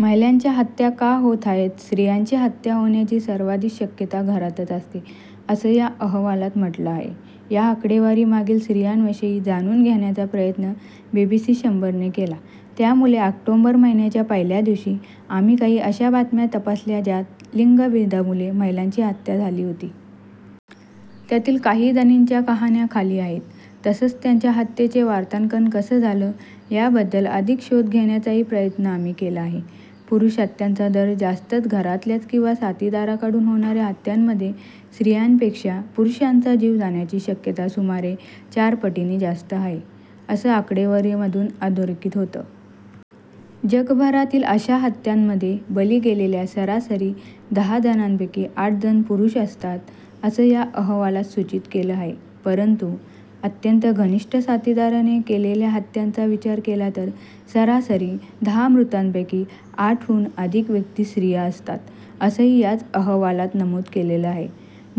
महिलांच्या हत्या का होत आहेत स्त्रियांची हत्या होण्याची सर्वाधिक शक्यता घरातच असते, असं या अहवालात म्हटलं आहे. या आकडेवारीमागील स्त्रियांविषयी जाणून घेण्याचा प्रयत्न बीबीसी शंभरने केला त्यामुळे ऑक्टोबर महिन्याच्या पहिल्या दिवशी आम्ही काही अशा बातम्या तपासल्या ज्यात लिंगभेदामुळे महिलांची हत्या झाली होती. त्यातील काही जणींच्या कहाण्या खाली आहेत. तसंच त्यांच्या हत्येचं वार्तांकन कसं झालं, याबद्दल अधिक शोध घेण्याचाही प्रयत्न आम्ही केला आहे. पुरुष हत्यांचा दर जास्तच घरातल्याच किंवा साथीदाराकडून होणाऱ्या हत्यांमध्ये स्त्रियांपेक्षा पुरुषांचा जीव जाण्याची शक्यता सुमारे चार पटींनी जास्त आहे, असं आकडेवारीमधून अधोरेखित होतं. जगभरातील अशा हत्यांमध्ये बळी गेलेल्या सरासरी दहा जणांपैकी आठ जण पुरुष असतात, असं या अहवालात सूचित केलं आहे परंतु, अत्यंत घनिष्ठ साथीदाराने केलेल्या हत्यांचा विचार केला तर सरासरी दहा मृतांपैकी आठहून अधिक व्यक्ती स्त्रिया असतात, असंही याच अहवालात नमूद केलेलं आहे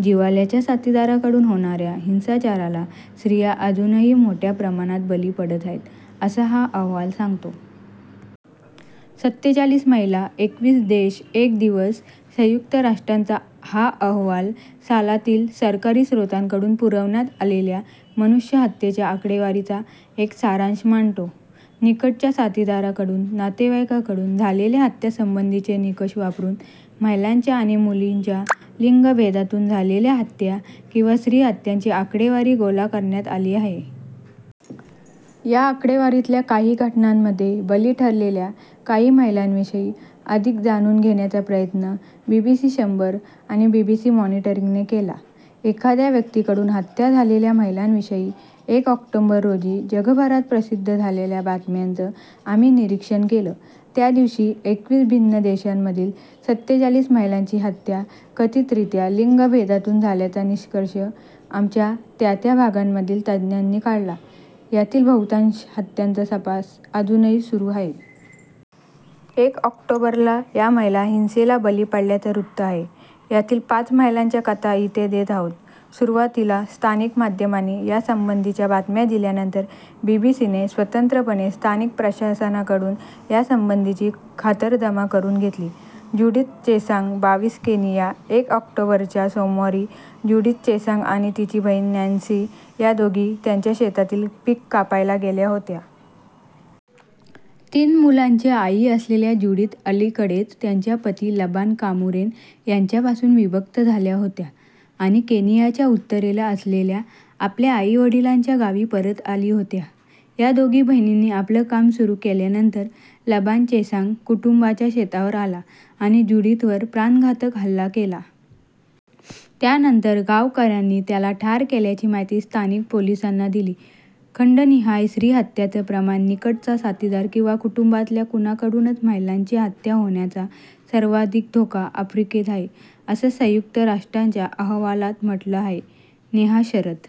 जिव्हाळ्याच्या साथीदाराकडून होणाऱ्या हिंसाचाराला स्त्रिया अजूनही मोठ्या प्रमाणात बळी पडत आहेत, असं हा अहवाल सांगतो. सत्तेचाळीस महिला, एकवीस देश, एक दिवस संयुक्त राष्ट्रांचा हा अहवाल सालातील सरकारी स्त्रोतांकडून पुरवण्यात आलेल्या मनुष्यहत्येच्या आकडेवारीचा एक सारांश मांडतो निकटच्या साथीदाराकडून नातेवाईकाकडून झालेल्या हत्यांसंबंधीचे निकष वापरून महिलांच्या आणि मुलींच्या लिंगभेदातून झालेल्या हत्या किंवा स्त्री हत्यांची आकडेवारी गोळा करण्यात आली आहे. या आकडेवारीतल्या काही घटनांमध्ये बळी ठरलेल्या काही महिलांविषयी अधिक जाणून घेण्याचा प्रयत्न बीबीसी शंभर आणि बीबीसी मॉनिटरिंगने केला एखाद्या व्यक्तीकडून हत्या झालेल्या महिलांविषयी एक ऑक्टोबर रोजी जगभरात प्रसिद्ध झालेल्या बातम्यांचं आम्ही निरीक्षण केलं त्या दिवशी एकवीस भिन्न देशांमधील सत्तेचाळीस महिलांची हत्या कथितरीत्या लिंगभेदातून झाल्याचा निष्कर्ष आमच्या त्यात्या भागांमधील तज्ज्ञांनी काढला यातील बहुतांश हत्यांचा तपास अजूनही सुरू आहे. एक ऑक्टोबरला या महिला हिंसेला बळी पडल्याचं वृत्त आहे यातील पाच महिलांच्या कथा इथे देत आहोत सुरुवातीला स्थानिक माध्यमांनी यासंबंधीच्या बातम्या दिल्यानंतर बीबीसीने स्वतंत्रपणे स्थानिक प्रशासनाकडून यासंबंधीची खातरजमा करून घेतली. ज्युडिथ चेसांग, बावीस केनिया एक ऑक्टोबरच्या सोमवारी ज्युडिथ चेसांग आणि तिची बहीण नॅन्सी या दोघी त्यांच्या शेतातील पीक कापायला गेल्या होत्या। तीन मुलांची आई असलेल्या ज्युडिथ अलीकडेच त्यांच्या पती लबान कामुरेन यांच्यापासून विभक्त झाल्या होत्या, आणि केनियाच्या उत्तरेला असलेल्या आपल्या आईवडिलांच्या गावी परत आली होत्या. या दोघी बहिणींनी आपलं काम सुरू केल्यानंतर लबान चेसांग कुटुंबाच्या शेतावर आला आणि ज्युडिथवर प्राणघातक हल्ला केला. त्यानंतर गावकऱ्यांनी त्याला ठार केल्याची माहिती स्थानिक पोलिसांनी दिली. खंडनिहाय स्त्रीहत्यांचं प्रमाण निकटचा साथीदार किंवा कुटुंबातल्या कुणाकडूनच महिलांची हत्या होण्याचा सर्वाधिक धोका आफ्रिकेत आहे, असं संयुक्त राष्ट्रांच्या अहवालात म्हटलं आहे. नेहा शरद